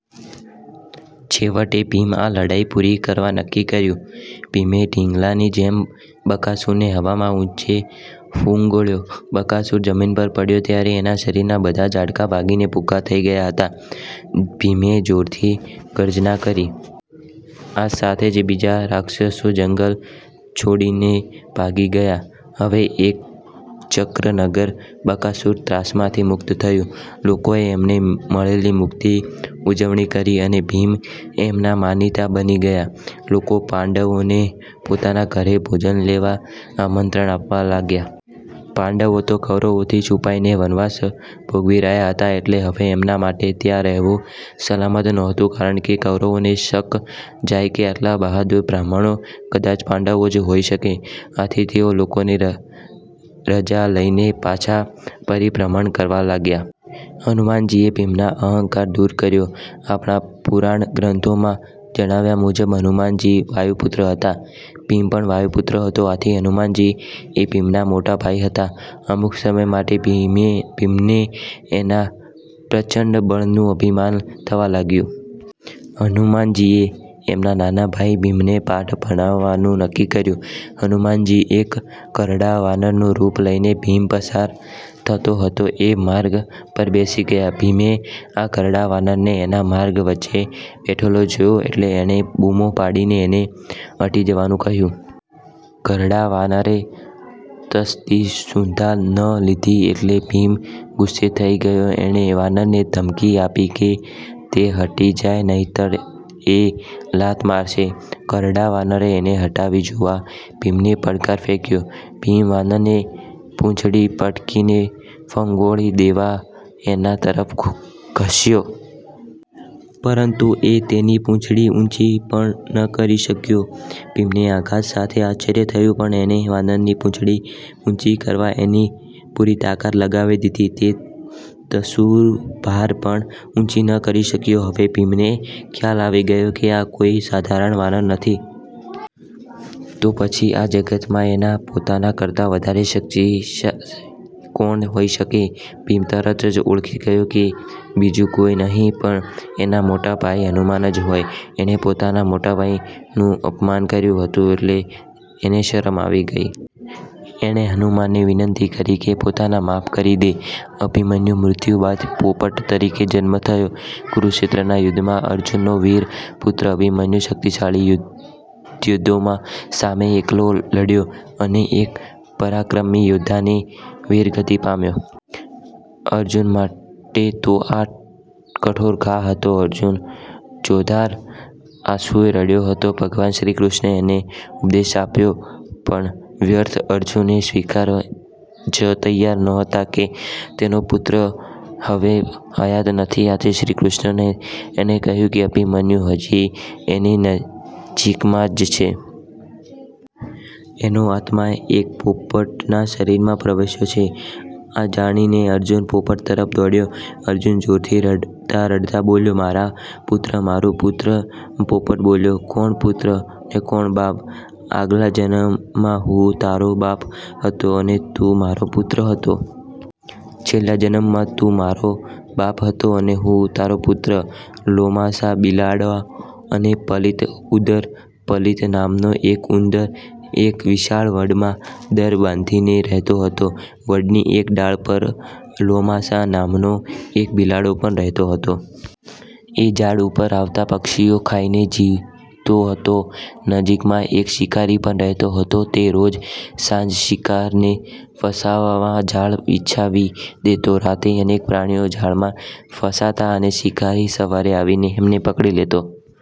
છેવટે ભીમે આ લડાઈ પૂરી કરવા નક્કી કર્યું. ભીમે ઢીંગલાની જેમ બકાસુરને હવામાં ઉંચે। ફંગોળ્યો. બકાસુર જમીન પર પડ્યો ત્યારે એના શરીરના બધા જ હાડકાં ભાંગીને ભુક્કો થઇ ગયા હતા. ભીમે જોરથી ગર્જના કરી. આ સાથે જ બીજા બધા રાક્ષસો જંગલ છોડીને ભાગી ગયા. હવે એકચક્ર નગર બકાસુરના ત્રાસમાંથી મુક્ત થયું. લોકોએ એમને મળેલી મુક્તિની ઉજવણી કરી અને ભીમ એમનો માનીતો બની ગયો. લોકો પાંડવોને પોતાના ઘરે ભોજન લેવા આમંત્રણ આપવા લાગ્યા. પાંડવો તો કૌરવોથી છુપાઈને વનવાસ ભોગવી રહ્યા હતા એટલે હવે એમના માટે ત્યાં રહેવું સલામત નહોતું કારણકે કૌરવોને શક જાય કે આટલા બહાદુર બ્રાહ્મણો કદાચ પાંડવો જ હોઈ શકે. આથી તેઓ લોકોની રજા લઈને પાછા પરિભ્રમણ કરવા લાગ્યા. હનુમાનજીએ ભીમનો અહંકાર દુર કર્યો આપણા પુરાણા ગ્રંથોમાં જણાવ્યા મુજબ હનુમાનજી વાયુપુત્ર હતા. ભીમ પણ વાયુપુત્ર હતો. આથી હનુમાનજી એ ભીમના મોટા ભાઈ થયા. અમુક સમય માટે ભીમને એના પ્રચંડ બળનું અભિમાન થવા લાગ્યું. હનુમાનજીએ એમના નાના ભાઈ ભીમને પાઠ ભણાવવાનું નક્કી કર્યું. હનુમાનજી એક ઘરડા વાનરનું રૂપ લઈને ભીમ પસાર થતો હતો એ માર્ગ પર બેસી ગયા. ભીમે આ ઘરડા વાનરને એના માર્ગ વચ્ચે બેઠેલો જોયો એટલે એણે બુમો પાડીને એને હટી જવા કહ્યું. ઘરડા વાનરે તસ્દી સુધ્ધાં ન લીધી એટલે ભીમ ગુસ્સે થઇ ગયો. એણે વાનરને ધમકી આપી કે તે હટી જાય નહીંતર એ લાત મારશે. ઘરડા વાનરે એને હટાવી જોવા ભીમને પડકાર ફેંક્યો. ભીમ વાનરને પૂંછડી પકડીને ફંગોળી દેવા એના તરફ ધસ્યો. પરંતુ... એ તેની પૂંછડી ઉંચી પણ ન કરી શક્યો! ભીમને આઘાત સાથે આશ્ચર્ય થયું પણ એણે વાનરની પૂંછડી ઉંચી કરવા એની પૂરી તાકાત લગાવી દીધી. તે તસુભાર પણ ઉંચી ન કરી શક્યો! હવે ભીમને ખ્યાલ આવી ગયો કે આ કોઈ સાધારણ વાનર નથી. તો પછી આ જગતમાં એના પોતાના કરતાં વધારે શક્તિશાળી કોણ હોઈ શકે? ભીમ તરત જ ઓળખી ગયો કે આ બીજું કોઈ નહીં પણ એના મોટા ભાઈ હનુમાનજી જ હોય. એણે પોતાના મોટા ભાઈનું અપમાન કર્યું હતું એટલે એને શરમ આવી ગઈ. એણે હનુમાનજીને વિનંતી કરી કે પોતાને માફ કરી દે. અભિમન્યુનો મૃત્યુ બાદ પોપટ તરીકે જન્મ થયો કુરુક્ષેત્રના યુદ્ધમાં અર્જુનનો વીર પુત્ર અભિમન્યુ શક્તિશાળી યોદ્ધાઓ સામે એકલો લડ્યો અને એક પરાક્રમી યોદ્ધાની વીરગતિ પામ્યો. અર્જુન માટે તો આ કઠોર ઘા હતો. અર્જુન ચોધાર આંસુએ રડતો હતો. ભગવાન શ્રીકૃષ્ણએ એને ઉપદેશ આપ્યો પણ વ્યર્થ. અર્જુન એ સ્વીકારવા જ તૈયાર નહોતો કે એનો પુત્ર હવે હયાત નથી. આથી શ્રીકૃષ્ણએ એને કહ્યું કે અભિમન્યુ હજી એની નજીકમાં જ છે. એનો આત્મા એક પોપટના શરીરમાં પ્રવેશ્યો છે. આ જાણીને અર્જુન પોપટ તરફ દોડ્યો. અર્જુન જોરથી રડતાં રડતાં બોલ્યો, "મારા પુત્ર! મારા પુત્ર! " પોપટ બોલ્યો, "કોણ પુત્ર અને કોણ બાપ? આગલા જન્મમાં હું તારો બાપ હતો અને તું મારો પુત્ર હતો. છેલ્લા જન્મમાં તું મારો બાપ હતો અને હું તારો પુત્ર હતો". લોમાસા બિલાડો અને પલિત ઉંદર પલિત નામનો એક ઉંદર એક વિશાળ વડમાં દર બાંધીને રહેતો હતો. વડની એક ડાળ પર લોમાસા નામનો એક બિલાડો પણ રહેતો હતો. એ ઝાડ ઉપર આવતા પક્ષીઓ ખાઈને જીવતો હતો. નજીકમાં એક શિકારી પણ રહેતો હતો. તે રોજ સાંજે શિકારને ફસાવવા જાળ બિછાવી દેતો. રાતે અનેક પ્રાણીઓ જાળમાં ફસાતાં અને શિકારી સવારે આવીને એમને પકડી લેતો.